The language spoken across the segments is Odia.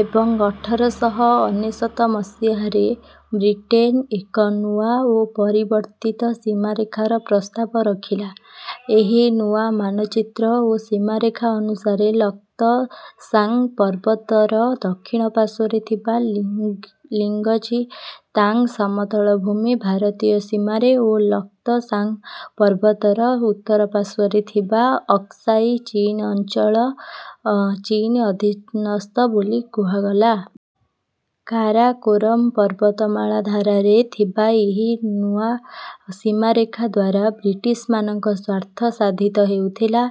ଏବଂ ଅଠର ଶହ ଅନେଶତ ମସିହାରେ ବ୍ରିଟେନ୍ ଏକ ନୂଆ ଓ ପରିବର୍ତ୍ତିତ ସୀମାରେଖାର ପ୍ରସ୍ତାବ ରଖିଲା। ଏହି ନୂଆ ମାନଚିତ୍ର ଓ ସୀମାରେଖା ଅନୁସାରେ ଲକ୍ତ୍‌ସାଙ୍ଗ୍ ପର୍ବତର ଦକ୍ଷିଣ ପାର୍ଶ୍ୱରେ ଥିବା ଲିଙ୍ଗ୍‌ଜି ତାଙ୍ଗ୍ ସମତଳଭୂମି ଭାରତୀୟ ସୀମାରେ ଓ ଲକ୍ତ୍‌ସାଙ୍ଗ୍ ପର୍ବତର ଉତ୍ତର ପାର୍ଶ୍ୱରେ ଥିବା ଅକ୍ସାଇ ଚୀନ୍ ଅଞ୍ଚଳ ଚୀନ୍ ଅଧୀନସ୍ଥ ବୋଲି କୁହାଗଲା। କାରାକୋରମ୍ ପର୍ବତମାଳା ଧାରରେ ଥିବା ଏହି ନୂଆ ସୀମାରେଖା ଦ୍ୱାରା ବ୍ରିଟିଶ୍‌ମାନଙ୍କ ସ୍ୱାର୍ଥ ସାଧିତ ହେଉଥିଲା।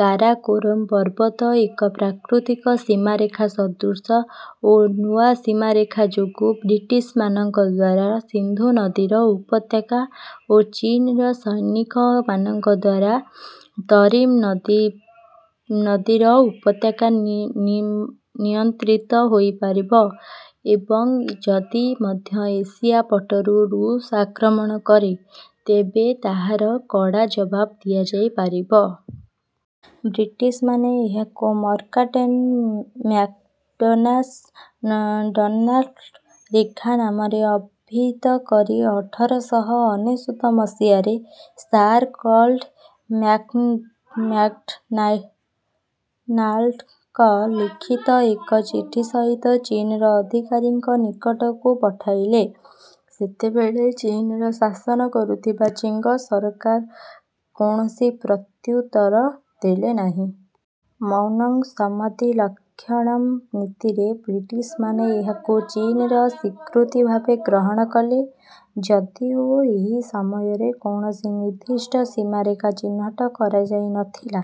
କାରାକୋରମ୍ ପର୍ବତ ଏକ ପ୍ରାକୃତିକ ସୀମାରେଖା ସଦୃଶ ଓ ନୂଆ ସୀମାରେଖା ଯୋଗୁଁ ବ୍ରିଟିଶ୍‌ମାନଙ୍କ ଦ୍ୱାରା ସିନ୍ଧୁ ନଦୀର ଉପତ୍ୟକା ଓ ଚୀନ୍‌ର ସୈନିକମାନଙ୍କ ଦ୍ୱାରା ତରିମ୍ ନଦୀର ଉପତ୍ୟକା ନିୟନ୍ତ୍ରିତ ହୋଇପାରିବ ଏବଂ ଯଦି ମଧ୍ୟ ଏସିଆ ପଟରୁ ଋଷ୍ ଆକ୍ରମଣ କରେ ତେବେ ତାହାର କଡ଼ା ଜବାବ ଦିଆଯାଇପାରିବ। ବ୍ରିଟିଶ୍‌ମାନେ ଏହାକୁ ମକାର୍ଟ୍‌ନେ ମ୍ୟାକ୍‌ଡନାଲ୍ଡ୍ ରେଖା ନାମରେ ଅଭିହିତ କରି ଅଠର ଶହ ଅନେଶତ ମସିହାରେ ସାର୍ କ୍ଲଡେ ମ୍ୟାକ୍‌ଡନାଲ୍ଡ୍‌ଙ୍କ ଲିଖିତ ଏକ ଚିଠି ସହିତ ଚୀନ୍‌ର ଅଧିକାରୀଙ୍କ ନିକଟକୁ ପଠାଇଲେ। ସେତେବେଳେ ଚୀନ୍‌ର ଶାସନ କରୁଥିବା ଚିଙ୍ଗ୍ ସରକାର କୌଣସି ପ୍ରତ୍ୟୁତ୍ତର ଦେଲା ନାହିଁ। ମୌନଂ ସମ୍ମତି ଲକ୍ଷଣମ୍ ନୀତିରେ ବ୍ରିଟିଶ୍‌ମାନେ ଏହାକୁ ଚୀନ୍‌ର ସ୍ୱୀକୃତି ଭାବେ ଗ୍ରହଣ କଲେ। ଯଦିଓ ଏହି ସମୟରେ କୌଣସି ନିର୍ଦ୍ଦିଷ୍ଟ ସୀମାରେଖା ଚିହ୍ନଟ କରାଯାଇ ନ ଥିଲା,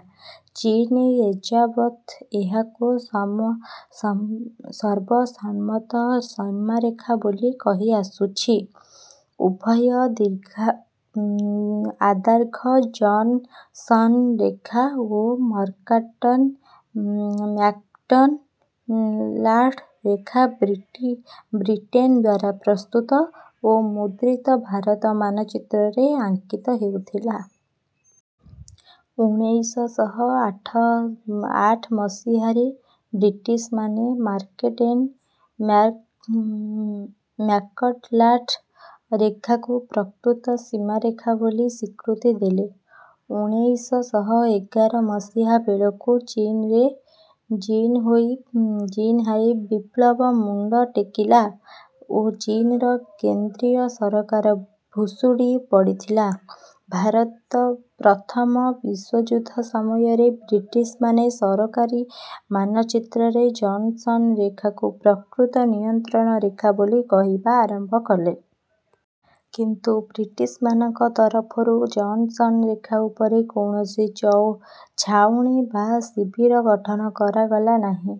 ଚୀନ୍ ଏଯାବତ୍ ଏହାକୁ ସର୍ବସମ୍ମତ ସୀମାରେଖା ବୋଲି କହିଆସୁଛି। ଉଭୟ ଆର୍ଦାଘ୍-ଜନ୍‌ସନ୍ ରେଖା ଓ ମକାର୍ଟ୍‌ନେ-ମ୍ୟାକ୍‌ଡନାଲ୍ଡ୍ ରେଖା ବ୍ରିଟେନ୍ ଦ୍ୱାରା ପ୍ରସ୍ତୁତ ଓ ମୁଦ୍ରିତ ଭାରତ ମାନଚିତ୍ରରେ ଅଙ୍କିତ ହେଉଥିଲା। ଉଣେଇଶ ଶହ ଆଠ ମସିହାରେ ବ୍ରିଟିଶ୍‌ମାନେ ମକାର୍ଟ୍‌ନେ ମ୍ୟାକ୍‌ଡନାଲ୍ଡ୍ ରେଖାକୁ ପ୍ରକୃତ ସୀମାରେଖା ବୋଲି ସ୍ୱୀକୃତି ଦେଲେ। ଉଣେଇଶ ଶହ ଏଗାର ମସିହା ବେଳକୁ ଚୀନରେ ଜିନ୍‌ହାଇ ବିପ୍ଳବ ମୁଣ୍ଡ ଟେକିଲା ଓ ଚୀନର କେନ୍ଦ୍ରୀୟ ସରକାର ଭୁଷୁଡ଼ି ପଡ଼ିଥିଲା। ଭାରତ ପ୍ରଥମ ବିଶ୍ୱଯୁଦ୍ଧ ସମୟରେ ବ୍ରିଟିଶ୍‌ମାନେ ସରକାରୀ ମାନଚିତ୍ରରେ ଜନ୍‌ସନ୍ ରେଖାକୁ ପ୍ରକୃତ ନିୟନ୍ତ୍ରଣରେଖା ବୋଲି କହିବା ଆରମ୍ଭ କଲେ। କିନ୍ତୁ ବ୍ରିଟିଶ୍‌ମାନଙ୍କ ତରଫରୁ ଜନ୍‌ସନ୍ ରେଖା ଉପରେ କୌଣସି ଛାଉଣୀ ବା ଶିବିର ଗଠନ କରାଗଲା ନାହିଁ।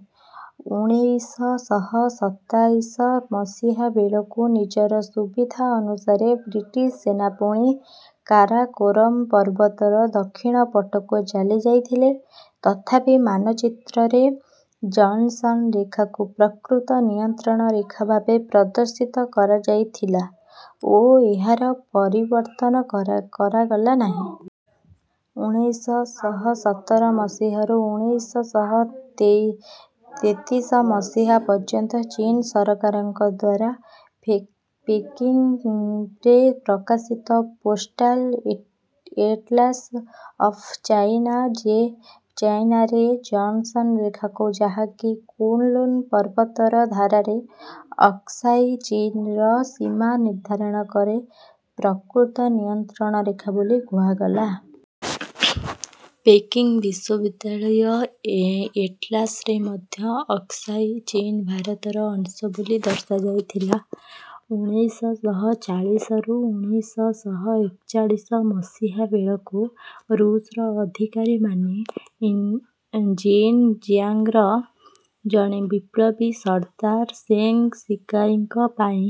ଉଣେଇଶ ଶହ ସତାଇଶ ମସିହା ବେଳକୁ ନିଜର ସୁବିଧାନୁସାରେ ବ୍ରିଟିଶ୍ ସେନା ପୁଣି କାରାକୋରମ୍ ପର୍ବତର ଦକ୍ଷିଣ ପଟକୁ ଚାଲିଯାଇଥିଲେ। ତଥାପି ମାନଚିତ୍ରରେ ଜନ୍‌ସନ୍ ରେଖାକୁ ପ୍ରକୃତ ନିୟନ୍ତ୍ରଣ ରେଖା ଭାବେ ପ୍ରଦର୍ଶିତ କରାଯାଉଥିଲା ଓ ଏହାର ପରିବର୍ତ୍ତନ କରାଗଲା ନାହିଁ। ଉଣେଇଶ ଶହ ସତର ମସିହାରୁ ଉଣେଇଶ ଶହ ତେତିଶ ମସିହା ପର୍ଯ୍ୟନ୍ତ ଚୀନ୍ ସରକାରଙ୍କ ଦ୍ୱାରା ପେକିଂରେ ପ୍ରକାଶିତ ପୋଷ୍ଟାଲ୍ ଏଟ୍‌ଲାସ୍ ଅଫ୍ ଚାଇନା ରେ ଜନ୍‌ସନ୍ ରେଖାକୁ ଯାହାକି କୁନ୍‌ଲୁନ୍ ପର୍ବତର ଧାରରେ ଅକ୍ସାଇ ଚୀନର ସୀମା ନିର୍ଦ୍ଧାରଣ କରେ ପ୍ରକୃତ ନିୟନ୍ତ୍ରଣ ରେଖା ବୋଲି କୁହାଗଲା। ପେକିଂ ବିଶ୍ୱବିଦ୍ୟାଳୟ ଏଟ୍‌ଲାସ୍ ରେ ମଧ୍ୟ ଅକ୍ସାଇ ଚୀନ୍ ଭାରତର ଅଂଶ ବୋଲି ଦର୍ଶାଯାଇଥିଲା। ଉଣେଇଶ ଶହ ଚାଳିଶରୁ ଉଣେଇଶ ଶହ ଏକଚାଳିଶ ମସିହା ବେଳକୁ ଋଷ୍‌ର ଅଧିକାରୀମାନେ ଜିନ୍‌ଜିଆଙ୍ଗ୍‌ର ଜଣେ ବିପ୍ଳବୀ ସର୍ଦ୍ଦାର ଶେଙ୍ଗ୍ ଶିକାଇଙ୍କ ପାଇଁ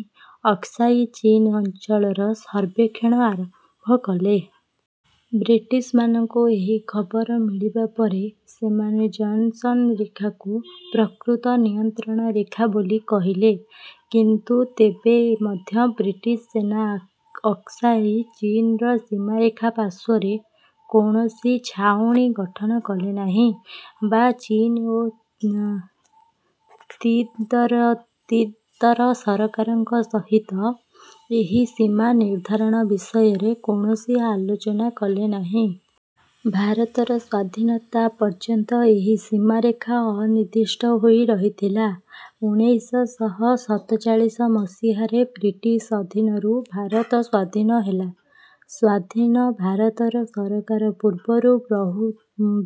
ଅକ୍ସାଇ ଚୀନ୍ ଅଞ୍ଚଳର ସର୍ବେକ୍ଷଣ ଆରମ୍ଭ କଲେ। ବ୍ରିଟିଶ୍‌ମାନଙ୍କୁ ଏହି ଖବର ମିଳିବା ପରେ ସେମାନେ ଜନ୍‌ସନ୍ ରେଖାକୁ ପ୍ରକୃତ ନିୟନ୍ତ୍ରଣ ରେଖା ବୋଲି କହିଲେ। କିନ୍ତୁ ତେବେ ମଧ୍ୟ ବ୍ରିଟିଶ୍ ସେନା ଅକ୍ସାଇ ଚୀନର ସୀମାରେଖା ପାର୍ଶ୍ୱରେ କୌଣସି ଛାଉଣୀ ଗଠନ କଲେ ନାହିଁ ବା ଚୀନ୍ ଓ ତିବ୍ଦତର ସରକାରଙ୍କ ସହିତ ଏହି ସୀମା ନିର୍ଦ୍ଧାରଣ ବିଷୟରେ କୌଣସି ଆଲୋଚନା କଲେ ନାହିଁ। ଭାରତର ସ୍ୱାଧୀନତା ପର୍ଯ୍ୟନ୍ତ ଏହି ସୀମାରେଖା ଅନିର୍ଦ୍ଦିଷ୍ଟ ହୋଇ ରହିଥିଲା। ଉଣେଇଶ ଶହ ସତଚାଳିଶ ମସିହାରେ ବ୍ରିଟିଶ୍ ଅଧୀନରୁ ଭାରତ ସ୍ୱାଧୀନ ହେଲା। ସ୍ୱାଧୀନ ଭାରତର ସରକାର ପୂର୍ବରୁ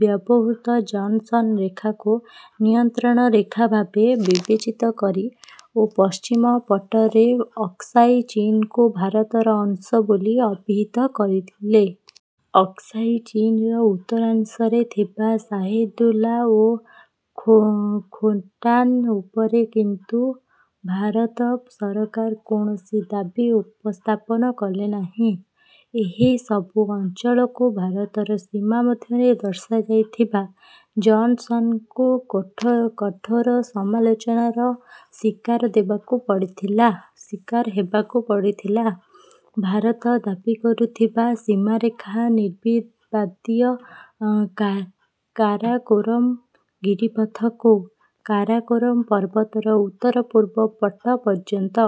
ବ୍ୟବହୃତ ଜନ୍‌ସନ୍ ରେଖାକୁ ନିୟନ୍ତ୍ରଣ ରେଖା ଭାବେ ବିବେଚିତ କରି ଓ ପଶ୍ଚିମ ପଟରେ ଅକ୍ସାଇ ଚୀନ୍‌କୁ ଭାରତର ଅଂଶ ବୋଲି ଅଭିହିତ କରିଥିଲେ। ଅକ୍ସାଇ ଚୀନ୍‌ର ଉତ୍ତରାଂଶରେ ଥିବା ଶାହିଦୁଲ୍ଲା ଓ ଖୋଟାନ୍ ଉପରେ କିନ୍ତୁ ଭାରତ ସରକାର କୌଣସି ଦାବି ଉପସ୍ଥାପନ କଲେ ନାହିଁ। ଏହି ସବୁ ଅଞ୍ଚଳକୁ ଭାରତର ସୀମା ମଧ୍ୟରେ ଦର୍ଶାଇଥିବାରୁ ଜନ୍‌ସନ୍‌ଙ୍କୁ କଠୋର ସମାଲୋଚନାର ଶିକାର ହେବାକୁ ପଡ଼ିଥିଲା। ଭାରତ ଦାବି କରୁଥିବା ସୀମାରେଖା ନିର୍ବିବାଦୀୟ କାରାକୋରମ୍ ଗିରିପଥରୁ କାରାକୋରମ୍ ପର୍ବତର ଉତ୍ତର ପୂର୍ବ ପଟ ପର୍ଯ୍ୟନ୍ତ।